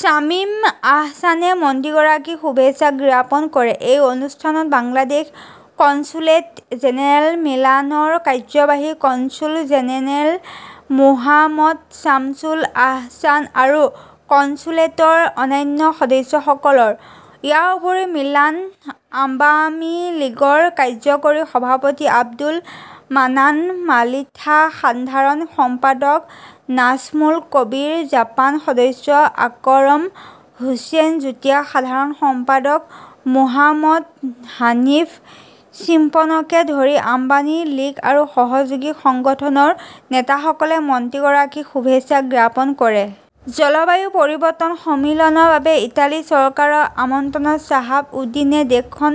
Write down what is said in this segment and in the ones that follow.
শ্বামিম আহছানে মন্ত্ৰীগৰাকীক শুভেচ্ছা জ্ঞাপন কৰে। এই অনুষ্ঠানত বাংলাদেশ কনস্যুলেট জেনেৰেল মিলানৰ কাৰ্যবাহী কনছুল জেনেৰেল মোহাম্মদ চামছুল আহছান আৰু কনস্যুলেটৰ অন্যান্য সদস্যসকল। ইয়াৰ উপৰিও মিলান আৱামী লীগৰ কাৰ্যকৰী সভাপতি আব্দুল মান্নান মালিথা, সাধাৰণ সম্পাদক নাজ্মুল কবীৰ জামান, সদস্য আকৰম হোসেন, যুটীয়া সাধাৰণ সম্পাদক মোহাম্মদ হানিফ শ্বিপনকে ধৰি আম্বানী লীগ আৰু সহযোগী সংগঠনৰ নেতাসকলে মন্ত্ৰীগৰাকীক শুভেচ্ছা জ্ঞাপন কৰে। জলবায়ু পৰিৱৰ্তন সন্মিলনৰ বাবে ইটালী চৰকাৰৰ আমন্ত্ৰণত শ্বাহাব উদ্দিনে দেশখন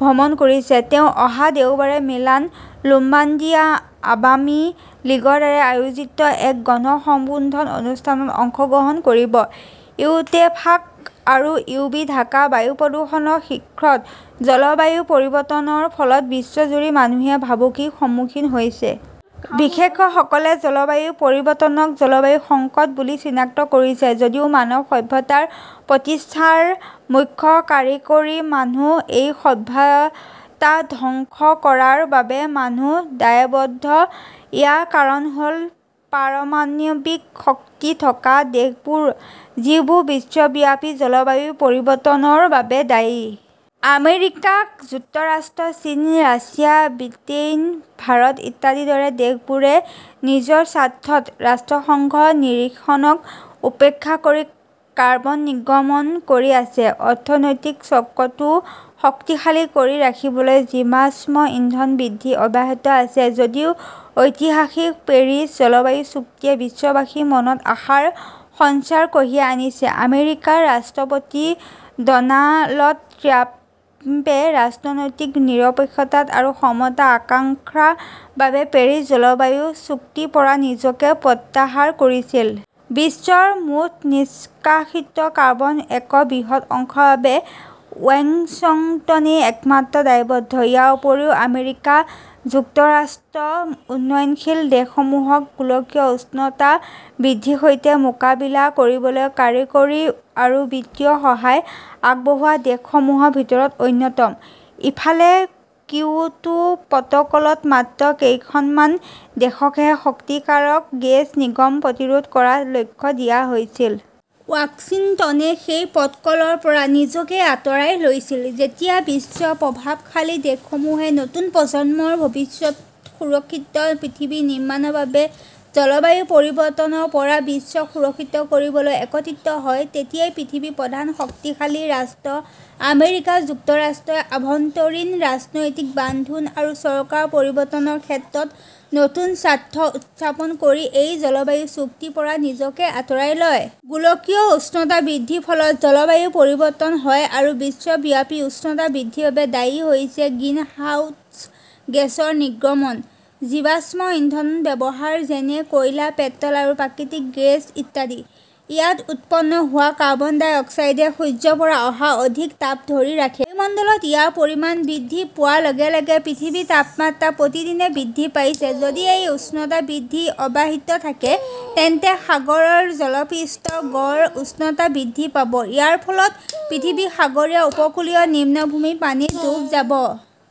ভ্ৰমণ কৰিছে। তেওঁ অহা দেওবাৰে মিলান লোম্বাৰ্ডিয়া আৱামী লীগৰ দ্বাৰা আয়োজিত এক গণ সম্বৰ্ধন অনুষ্ঠানত অংশগ্ৰহণ কৰিব। ইত্তেফাক আৰু ইউবি ঢাকাৰ বায়ু প্ৰদূষণৰ শীৰ্ষত জলবায়ু পৰিৱৰ্তনৰ ফলত বিশ্বজুৰি মানুহে ভাবুকিৰ সন্মুখীন হৈছে। বিশেষজ্ঞসকলে জলবায়ু পৰিৱৰ্তনক জলবায়ু সংকট বুলিও চিনাক্ত কৰিছে। যদিও মানৱ সভ্যতাৰ প্ৰতিষ্ঠাৰ মুখ্য কাৰিকৰী মানুহ, এই সভ্যতা ধ্বংস কৰাৰ বাবে মানুহ দায়বদ্ধ। ইয়াৰ কাৰণ হ'ল পাৰমাণৱিক শক্তি থকা দেশবোৰ, যিবোৰ বিশ্বব্যাপী জলবায়ু পৰিৱৰ্তনৰ বাবে দায়ী। আমেৰিকা যুক্তৰাষ্ট্ৰ, চীন, ৰাছিয়া, ব্ৰিটেইন, ভাৰত ইত্যাদিৰ দৰে দেশবোৰে নিজৰ স্বাৰ্থত ৰাষ্ট্ৰসংঘৰ নিৰীক্ষণক উপেক্ষা কৰি কাৰ্বন নিৰ্গমন কৰি আছে। অৰ্থনৈতিক চক্ৰটো শক্তিশালী কৰি ৰাখিবলৈ জীৱাশ্ম ইন্ধন বৃদ্ধি অব্যাহত আছে। যদিও ঐতিহাসিক পেৰিছ জলবায়ু চুক্তিয়ে বিশ্ববাসীৰ মনত আশাৰ সঞ্চাৰ কঢ়িয়াই আনিছে, আমেৰিকাৰ ৰাষ্ট্ৰপতি ড'নাল্ড ট্ৰাম্পে ৰাষ্ট্ৰনৈতিক নিৰপেক্ষতা আৰু ক্ষমতাৰ আকাংক্ষা বাবে পেৰিছ জলবায়ু চুক্তিৰ পৰা নিজকে প্ৰত্যাহাৰ কৰিছিল। বিশ্বৰ মুঠ নিষ্কাশিত কাৰ্বনৰ এক বৃহৎ অংশৰ বাবে ওৱেংশ্বংটিনেই একমাত্ৰ দায়বদ্ধ। ইয়াৰ উপৰিও আমেৰিকা যুক্তৰাষ্ট্ৰ উন্নয়নশীল দেশসমূহক গোলকীয় উষ্ণতা বৃদ্ধিৰ সৈতে মোকাবিলা কৰিবলৈ কাৰিকৰী আৰু বিত্তীয় সহায় আগবঢ়োৱা দেশসমূহৰ ভিতৰত অন্যতম। ইফালে, কিয়োটো প্ৰট'কলত মাত্ৰ কেইখনমান দেশকহে ক্ষতিকাৰক গেছ নিৰ্গমন প্ৰতিৰোধ কৰাৰ লক্ষ্য দিয়া হৈছিল। ৱাশ্বিংটনে সেই প্ৰট'কলৰ পৰা নিজকে আঁতৰাই লৈছিল। যেতিয়া বিশ্বৰ প্ৰভাৱশালী দেশসমূহে নতুন প্ৰজন্মৰ ভৱিষ্যত সুৰক্ষিত পৃথিৱী নিৰ্মাণৰ বাবে জলবায়ু পৰিৱৰ্তনৰ পৰা বিশ্বক সুৰক্ষিত কৰিবলৈ একত্ৰিত হয়, তেতিয়া পৃথিৱীৰ প্ৰধান শক্তিশালী ৰাষ্ট্ৰ আমেৰিকা যুক্তৰাষ্ট্ৰই আভ্যন্তৰীণ ৰাজনৈতিক বান্ধোন আৰু চৰকাৰ পৰিৱৰ্তনৰ ক্ষেত্ৰত নতুন স্বাৰ্থ উত্থাপন কৰি এই জলবায়ু চুক্তিৰ পৰা নিজকে আঁতৰাই লয়। গোলকীয় উষ্ণতা বৃদ্ধিৰ ফলত জলবায়ু পৰিৱৰ্তন হয় আৰু বিশ্বব্যাপী উষ্ণতা বৃদ্ধিৰ বাবে দায়ী হৈছে গ্ৰিনহাউছ গেছৰ নিৰ্গমন। জীৱাশ্ম ইন্ধনৰ ব্যৱহাৰ যেনে, কয়লা পেট্ৰ'ল আৰু প্ৰাকৃতিক গেছ ইত্যাদি। ইয়াত উৎপন্ন হোৱা কাৰ্বন ডাই-অক্সাইডে সূৰ্যৰ পৰা অহা অধিক তাপ ধৰি ৰাখে। বায়ুমণ্ডলত ইয়াৰ পৰিমাণ বৃদ্ধি পোৱাৰ লগে লগে পৃথিৱীৰ তাপমাত্ৰা প্ৰতিদিনে বৃদ্ধি পাইছে। যদি এই উষ্ণতা বৃদ্ধি অব্যাহত থাকে, তেন্তে সাগৰৰ জলপৃষ্ঠৰ গড় উচ্চতা বৃদ্ধি পাব। ইয়াৰ ফলত পৃথিৱীৰ সাগৰীয় উপকূলীয় নিম্নভূমি পানীত ডুব যাব।